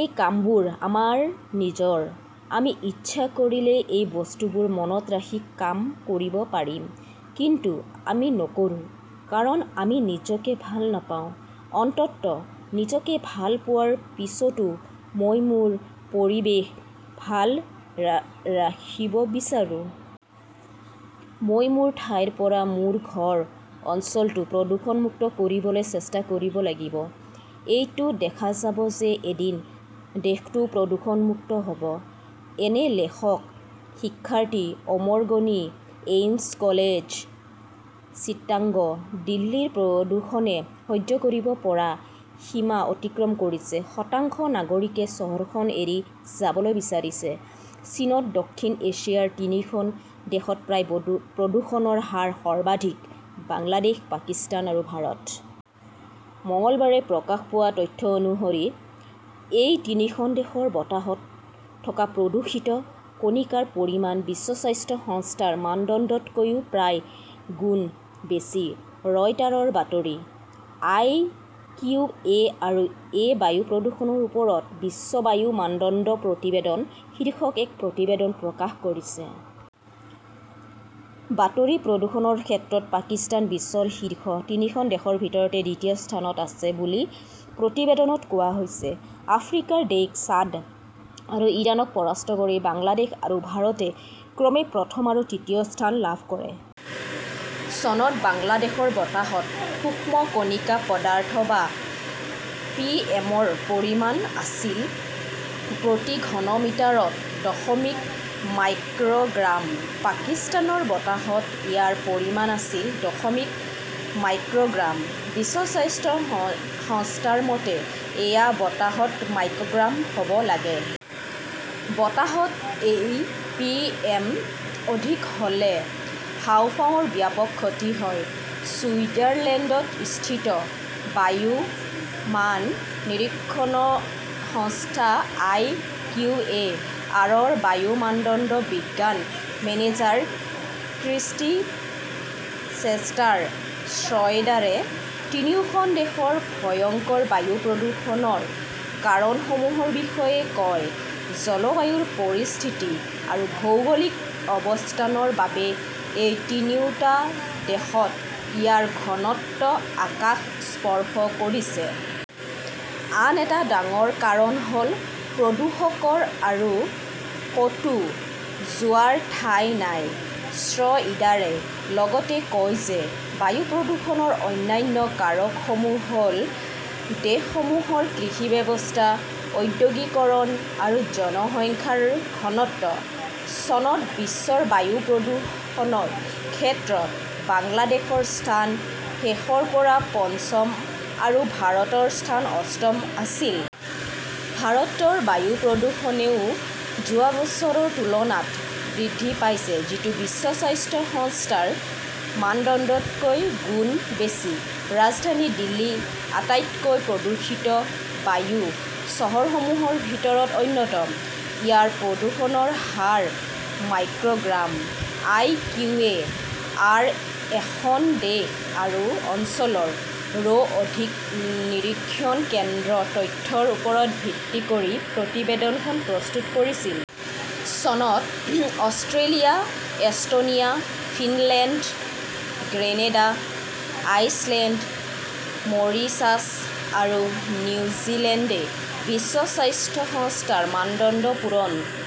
এই কামবোৰ আমাৰ নিজৰ। আমি ইচ্ছা কৰিলে এই বস্তুবোৰ মনত ৰাখি কাম কৰিব পাৰিম। কিন্তু আমি নকৰো। কাৰণ আমি নিজকে ভাল নাপাওঁ। অন্ততঃ নিজকে ভাল পোৱাৰ পিছতো মই মোৰ পৰিৱেশ ভাল ৰাখিব বিচাৰো। মই মোৰ ঠাইৰ পৰা মোৰ ঘৰ, অঞ্চলটো প্ৰদূষণমুক্ত কৰিবলৈ চেষ্টা কৰিব লাগিব। এইটো দেখা যাব যে এদিন দেশটোও প্ৰদূষণমুক্ত হ "ব। এন লেখকঃ শিক্ষাৰ্থী, ওমৰগনি এমইএছ কলেজ, চিটাগং। দিল্লীৰ প্ৰদূষণে সহ্য কৰিব পৰা সীমা অতিক্ৰম কৰিছে, শতাংশ নাগৰিকে চহৰখন এৰি যাবলৈ বিচাৰিছে চনত দক্ষিণ এছিয়াৰ তিনিখন দেশত বায়ু প্ৰদূষণৰ হাৰ সৰ্বাধিক-বাংলাদেশ, পাকিস্তান আৰু ভাৰত। মঙলবাৰে প্ৰকাশ পোৱা তথ্য অনুসৰি, এই তিনিখন দেশৰ বতাহত থকা প্ৰদূষিত কণিকাৰ পৰিমাণ বিশ্ব স্বাস্থ্য সংস্থাৰ মানদণ্ডতকৈ প্ৰায় গুণ বেছি। ৰয়টাৰৰ বাতৰি। আই. কিউ. এ. আৰ. -এ বায়ু প্ৰদূষণৰ ওপৰত বিশ্ব বায়ু মানদণ্ড প্ৰতিবেদন- শীৰ্ষক এক প্ৰতিবেদন প্ৰকাশ কৰিছে। বাতৰি প্ৰদূষণৰ ক্ষেত্ৰত পাকিস্তান বিশ্বৰ শীৰ্ষ তিনিখন দেশৰ ভিতৰত দ্বিতীয় স্থানত আছে বুলি প্ৰতিবেদনত কোৱা হৈছে। আফ্ৰিকাৰ দেশ চাদ আৰু ইৰাণক পৰাস্ত কৰি বাংলাদেশ আৰু ভাৰতে ক্ৰমে প্ৰথম আৰু তৃতীয় স্থান লাভ কৰে। চনত বাংলাদেশৰ বতাহত সূক্ষ্ম কণিকা পদাৰ্থ বা পিএম- ৰ পৰিমাণ আছিল প্ৰতি ঘনমিটাৰত দশমিক মাইক্ৰ "গ্ৰাম। পাকিস্তানৰ বতাহত ইয়াৰ পৰিমাণ আছিল দশমিক মাইক্ৰ "গ্ৰাম। বিশ্ব স্বাস্থ্য সংস্থাৰ মতে এয়া বতাহত মাইক্ৰ "গ্ৰাম হ" ব লাগে। বতাহত এই পিএম অধিক হ "লে হাঁওফাঁওৰ ব্যাপক ক্ষতি হয়। ছুইজাৰলেণ্ডস্থিত বায়ু মান নিৰীক্ষণ সংস্থা আই. কিউ. এ. আৰৰ বায়ু মানদণ্ড বিজ্ঞান মেনেজাৰ ক্ৰিষ্টি চেষ্টাৰ শ্ৰয়েডাৰে তিনিওখন দেশৰ ভয়ংকৰ বায়ু প্ৰদূষণৰ কাৰণসমূহৰ বিষয়ে কয়, জলবায়ুৰ পৰিস্থিতি আৰু ভৌগোলিক অৱস্থানৰ বাবে এই তিনিওটা দেশত ইয়াৰ ঘনত্ব আকাশ স্পৰ্শ কৰিছে। আন এটা ডাঙৰ কাৰণ হ "ল প্ৰদূষকৰ আৰু ক" তো যোৱাৰ ঠাই নাই। শ্ৰ "ইডাৰে লগতে কয় যে বায়ু প্ৰদূষণৰ অন্যান্য কাৰকসমূহ হ" ল দেশসমূহৰ কৃষি ব্যৱস্থা, ঔদ্যোগিকৰণ আৰু জনসংখ্যাৰ ঘনত্ব। চনত বিশ্বৰ বায়ু প্ৰদূষণৰ ক্ষেত্ৰত বাংলাদেশৰ স্থান শেষৰ পৰা পঞ্চম আৰু ভাৰতৰ স্থান অষ্টম আছিল। ভাৰতৰ বায়ু প্ৰদূষণও যোৱা বছৰৰ তুলনাত বৃদ্ধি পাইছে যিটো বিশ্ব স্বাস্থ্য সংস্থাৰ মানদণ্ডতকৈ গুণ বেছি। ৰাজধানী দিল্লী আটাইতকৈ প্ৰদূষিত বায়ু চহৰসমূহৰ ভিতৰত অন্যতম। ইয়াৰ প্ৰদূষণৰ হাৰ "microgram. I. Q. A. R. -এ খন দেশ আৰু অঞ্চলৰ, ৰো অধিক নিৰীক্ষণ কেন্দ্ৰৰ তথ্যৰ ওপৰত ভিত্তি কৰি প্ৰতিবেদনখন প্ৰস্তুত কৰিছিল। চনত Australia, Estonia, Finland, Grenada, Iceland, Mauritius আৰু নিউজিলেণ্ডে বিশ্ব স্বাস্থ্য সংস্থাৰ মানদণ্ড পূৰণ